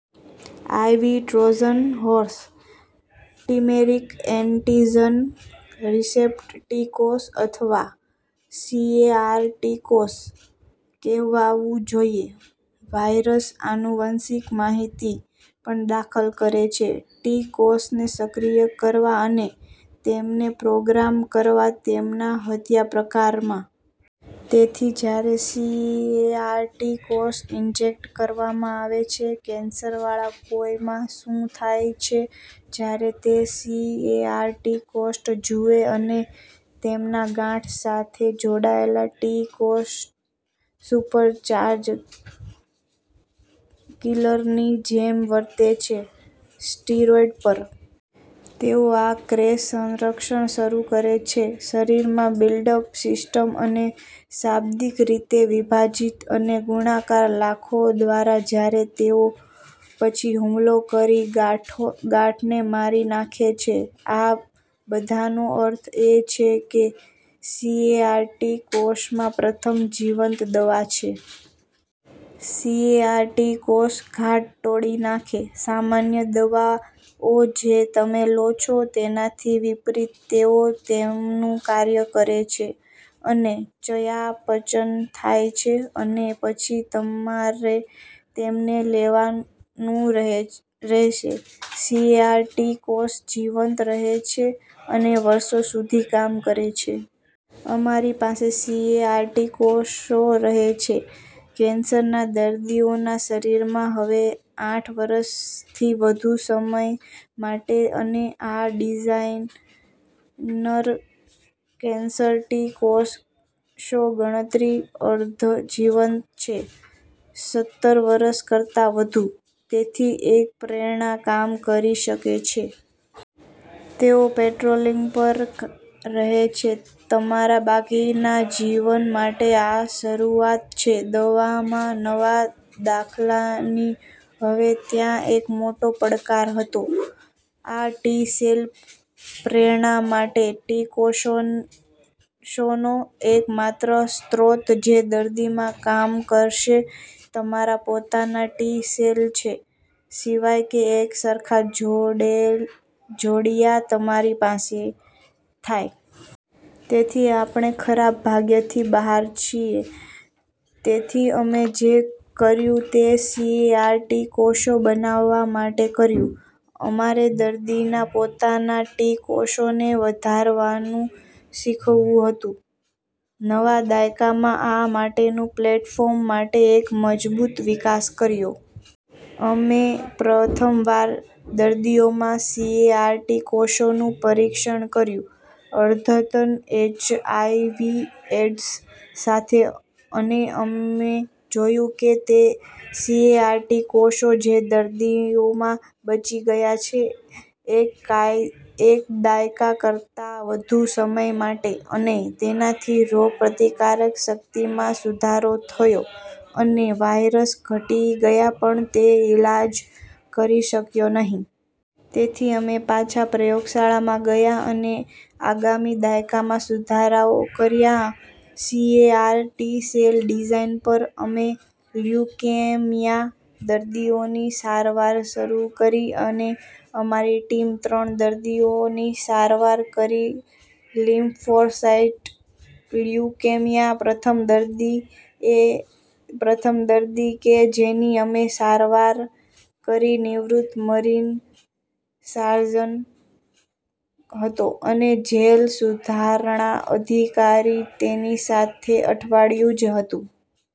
આય વી Trojan horse "chimeric antigen", "receptor T કોષો" અથવા સીએઆર ટી કોષો કહેવાવું જોઈએ. વાયરસ આનુવંશિક માહિતી પણ દાખલ કરે છે ટી કોષોને સક્રિય કરવા અને તેમને પ્રોગ્રામ કરવા તેમના હત્યા પ્રકારમાં. તેથી, જ્યારે સીએઆર ટી કોષ ઇન્જેક્ટ કરવામાં આવે છે કેન્સરવાળા કોઈમાં, શું થાય છે જ્યારે તે સીએઆર ટી કોષ જુએ અને તેમના ગાંઠ સાથે જોડાય ટી કોષ સુપરચાર્જ્ડ કિલરની જેમ વર્તે છે સ્ટીરોઇડ્સ પર. તેઓ આ ક્રેશ-સંરક્ષણ શરૂ કરે છે શરીરમાં બિલ્ડઅપ સિસ્ટમ અને શાબ્દિક રીતે વિભાજીત અને ગુણાકાર લાખો દ્વારા જ્યાં તેઓ પછી હુમલો કરી ગાંઠો ગાંઠને મારી નાખે છે. આ બધાનો અર્થ એ છે કે સીએઆર ટી કોષોમાં પ્રથમ જીવંત દવા છે. સીએઆર ટી કોષો ઘાટ તોડી નાખે. સામાન્ય દવાઓ જે તમે લો છો તેનાથી વિપરીત તેઓ તેમનું કાર્ય કરે છે અને ચયાપચય થાય છે અને પછી તમારે તેમને લેવાનું રહેશે. સીએઆર ટી કોષો જીવંત રહે છે અને વર્ષો સુધી કામ કરે. અમારી પાસે સીએઆર ટી કોષો રહે છે કેન્સરના દર્દીઓના શરીરમાં હવે આઠ વર્ષથી વધુ સમય માટે. અને આ ડિઝાઇનર કેન્સર ટી કોષો ગણતરી અર્ધ જીવન છે સત્તર વર્ષ કરતાં વધુ. તેથી એક પ્રેરણા કામ કરી શકે છે. તેઓ પેટ્રોલીંગ પર રહે છે તમારા બાકીના જીવન માટે. આ શરૂઆત છે દવામાં નવા દાખલાની. હવે, ત્યાં એક મોટો પડકાર હતો આ ટી-સેલ પ્રેરણા માટે. ટી કોષોનો એક માત્ર સ્રોત જે દર્દીમાં કામ કરશે તમારા પોતાના ટી સેલ છે સિવાય કે એક સરખા જોડી જોડિયા તમારી પાસે થાય. તેથી આપણે ખરાબ ભાગ્યથી બહાર છીએ. તેથી અમે જે કર્યું તે સીએઆર ટી કોષો બનાવવા માટે કર્યું. અમારે દર્દીના પોતાના ટી કોષોને વધારવાનું શીખવું હતું. નવા દયકામાં આ માટેનું પ્લેટૉર્મ માટે એક મજબૂત વિકાસ કર્યો. અમે પ્રથમ વાર દર્દીઓમાં સીએઆર ટી કોષોનું પરીક્ષણ કર્યું અદ્યતન એચઆયવી એડ્સ સાથે અને અમે જોયું કે તે સીએઆર ટી કોષો જે દર્દીઓમાં બચી ગયા છે એક દાયકા કરતાં વધુ સમય માટે. અને તેનાથી રોગપ્રતિકારક શક્તિમાં સુધારો થયો અને વાયરસ ઘટી ગયા પણ તે ઇલાજ કરી શક્યો નહીં. તેથી અમે પાછા પ્રયોગશાળામાં ગયા અને આગામી દાયકામાં સુધારાઓ કર્યા સીએઆર ટી સેલ ડિઝાઇન પર. અમે લ્યુકેમિયા દર્દીઓની સારવાર શરૂ કરી અને અમારી ટીમે ત્રણ દર્દીઓની સારવાર કરી લિમ્ફોસાઇટિક લ્યુકેમિયા. પ્રથમ દર્દી પ્રથમ દર્દી કે જેની અમે સારવાર કરી નિવૃત્ત મરીન સાર્જન્ટ હતો અને જેલ સુધારણા અધિકારી તેની પાસે અઠવાડિયુ જ હતું.